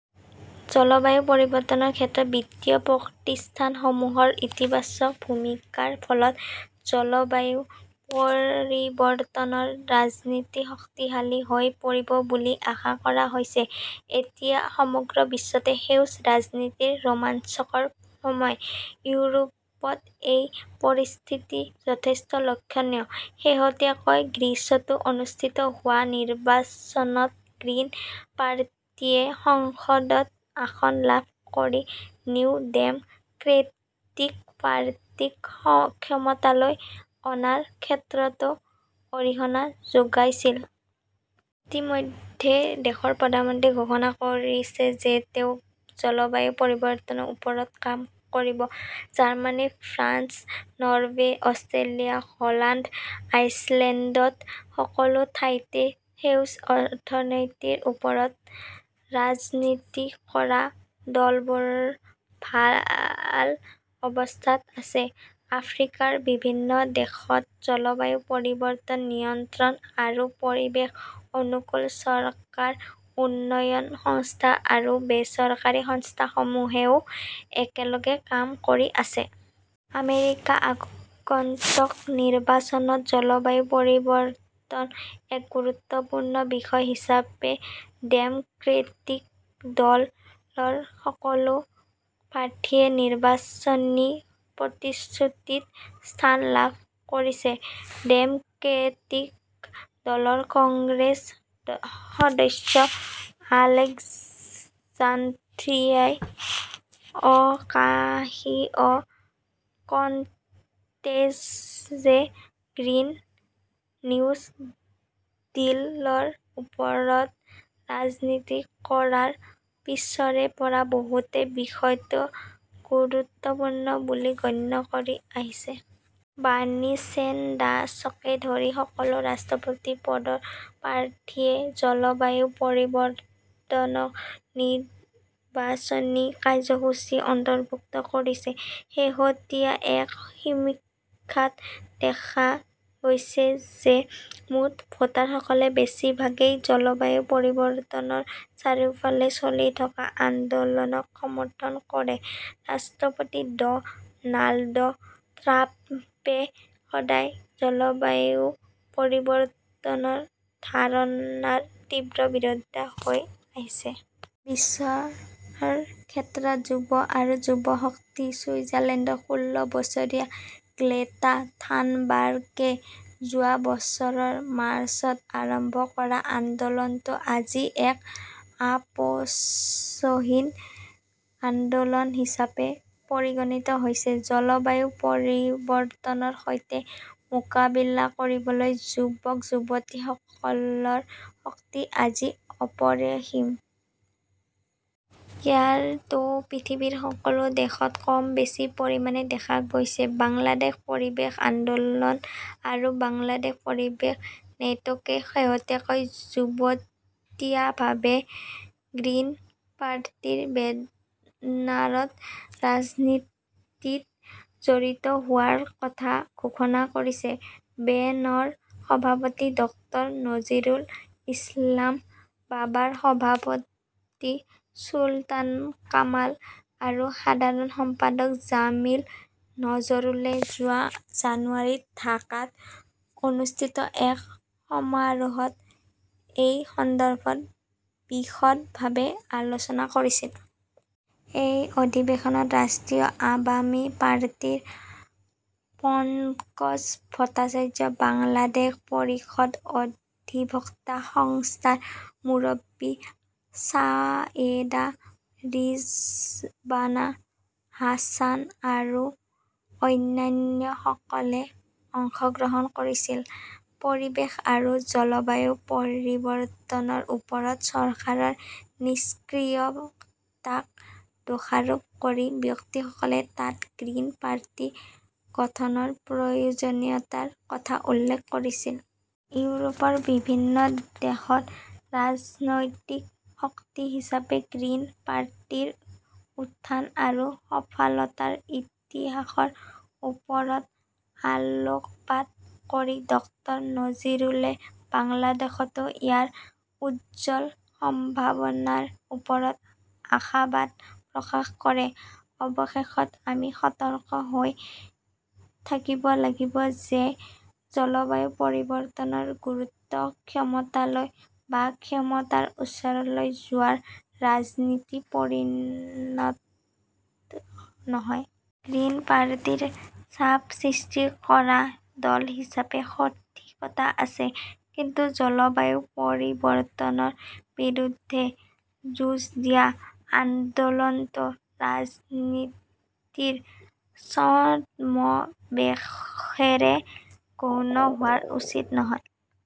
জলবায়ু পৰিৱৰ্তনৰ ক্ষেত্ৰত বিত্তীয় প্ৰতিষ্ঠানসমূহৰ ইতিবাচক ভূমিকাৰ ফলত জলবায়ু পৰিৱৰ্তনৰ ৰাজনীতি শক্তিশালী হৈ পৰিব বুলি আশা কৰা হৈছে। এতিয়া সমগ্ৰ বিশ্বতে 'সেউজ 'ৰাজনীতিৰ ৰোমাঞ্চকৰ সময়। ইউৰোপত এই পৰিস্থিতি যথেষ্ট লক্ষণীয়। শেহতীয়াকৈ গ্ৰীচতো অনুষ্ঠিত হোৱা নিৰ্বাচনত গ্ৰীণ পাৰ্টিয়ে সংসদত আসন লাভ কৰি নিউ ডেম'ক্ৰেটিক পাৰ্টিক ক্ষমতালৈ অনাৰ ক্ষেত্ৰতো অৰিহণা যোগাইছিল। ইতিমধ্যে দেশৰ প্ৰধানমন্ত্ৰীয়ে ঘোষণা কৰিছে যে তেওঁ জলবায়ু পৰিৱৰ্তনৰ ওপৰত কাম কৰিব। Germany, France, Norway, Austria, Holland, আইচলেণ্ডত সকলো ঠাইতে সেউজ অৰ্থনীতিৰ ওপৰত ৰাজনীতি কৰা দলবোৰ ভাল অৱস্থাত আছে। আফ্ৰিকাৰ বিভিন্ন দেশত জলবায়ু পৰিৱৰ্তন নিয়ন্ত্ৰণ আৰু পৰিৱেশ অনুকূল চৰকাৰ, উন্নয়ন সংস্থা আৰু বেচৰকাৰী সংস্থাসমূহেও একেলগে কাম কৰি আছে। আমেৰিকাৰ আগন্তুক নিৰ্বাচনত জলবায়ু পৰিৱৰ্তন এক গুৰুত্বপূৰ্ণ বিষয় হিচাপে ডেম'ক্ৰেটিক দলৰ সকলো প্ৰাৰ্থীয়ে নিৰ্বাচনী প্ৰতিশ্ৰুতিত স্থান লাভ কৰিছে। ডেম'ক্ৰেটিক দলৰ কংগ্ৰেছ সদস্য আলেকজান্দ্ৰিয়া ওকাসিঅ"-কৰ্টেজে 'গ্ৰীণ নিউ ডিল 'ৰ ওপৰত ৰাজনীতি কৰাৰ পিছৰে পৰা বহুতে বিষয়টো গুৰুত্বপূৰ্ণ বুলি গণ্য কৰি আহিছে। বাৰ্নী ছেণ্ডাৰ্ছকে ধৰি সকলো ৰাষ্ট্ৰপতি পদৰ প্ৰাৰ্থীয়ে জলবায়ু পৰিৱৰ্তনক নিৰ্বাচনী কাৰ্যসূচীত অন্তৰ্ভুক্ত কৰিছে। শেহতীয়া এক সমীক্ষাত দেখা গৈছে যে মুঠ ভোটাৰসকলৰ বেছিভাগেই জলবায়ু পৰিৱৰ্তনৰ চাৰিওফালে চলি থকা আন্দোলনক সমৰ্থন কৰে। ৰাষ্ট্ৰপতি ড 'নাল্ড ট্ৰাম্পে সদায় জলবায়ু পৰিৱৰ্তনৰ ধাৰণাৰ তীব্ৰ বিৰোধী হৈ আহিছে। বিশ্বৰ ক্ষেত্ৰত যুৱ আৰু যুৱ শক্তি ছুইডেনৰ ষোল্ল বছৰীয়া গ্ৰেটা থানবাৰ্গে যোৱা বছৰৰ মাৰ্চত আৰম্ভ কৰা আন্দোলনটো আজি এক আপোচহীন আন্দোলন হিচাপে পৰিগণিত হৈছে। জলবায়ু পৰিৱৰ্তনৰ সৈতে মোকাবিলা কৰিবলৈ যুৱক-যুৱতীসকলৰ শক্তি আজি অপৰিসীম। ইয়াৰ ঢৌ পৃথিৱীৰ সকলো দেশত কম বেছি পৰিমাণে দেখা গৈছে। বাংলাদেশ পৰিৱেশ আন্দোলন আৰু বাংলাদেশ পৰিৱেশ নেটৱৰ্কে শেহতীয়াকৈ যুটীয়াভাৱে গ্ৰীণ পাৰ্টিৰ বেনাৰত ৰাজনীতিত জড়িত হোৱাৰ কথা ঘোষণা কৰিছে। বেনৰ সভাপতি ডক্টৰ নজৰুল ইছলাম, বাবাৰ সভাপতি চুলতান কামাল আৰু সাধাৰণ সম্পাদক জামিল নজৰুলে যোৱা জানুৱাৰীত ঢাকাত অনুষ্ঠিত এক সমাৰোহত এই সন্দৰ্ভত বিশদভাৱে আলোচনা কৰিছিল। এই অধিৱেশনত ৰাষ্ট্ৰীয় আৱামী পাৰ্টিৰ পঙ্কজ ভট্টাচাৰ্য, বাংলাদেশ পৰিৱেশ অধিবক্তা সংস্থাৰ মুৰব্বী ছায়েদা ৰিজৱানা হাছান আৰু অন্যান্যসকলে অংশগ্ৰহণ কৰিছিল। পৰিৱেশ আৰু জলবায়ু পৰিৱৰ্তনৰ ওপৰত চৰকাৰৰ নিষ্ক্ৰিয়তাক দোষাৰোপ কৰি বক্তাসকলে তাত গ্ৰীণ পাৰ্টি গঠনৰ প্ৰয়োজনীয়তাৰ কথা উল্লেখ কৰিছিল। ইউৰোপৰ বিভিন্ন দেশত ৰাজনৈতিক শক্তি হিচাপে গ্ৰীণ পাৰ্টিৰ উত্থান আৰু সফলতাৰ ইতিহাসৰ ওপৰত আলোকপাত কৰি ডক্টৰ নজৰুলে বাংলাদেশতো ইয়াৰ উজ্জ্বল সম্ভাৱনাৰ ওপৰত আশাবাদ প্ৰকাশ কৰে। অৱশেষত, আমি সতৰ্ক হৈ থাকিব লাগিব যে জলবায়ু পৰিৱৰ্তনৰ গুৰুত্ব ক্ষমতালৈ বা ক্ষমতাৰ ওচৰলৈ যোৱাৰ ৰাজনীতিত পৰিণত নহয়। গ্ৰীণ পাৰ্টিৰ চাপ সৃষ্টি কৰা দল হিচাপে সঠিকতা আছে। কিন্তু জলবায়ু পৰিৱৰ্তনৰ বিৰুদ্ধে যুঁজ দিয়া আন্দোলনটো ৰাজনীতিৰ ছদ্মবেশেৰে গৌণ হোৱা উচিত নহয়।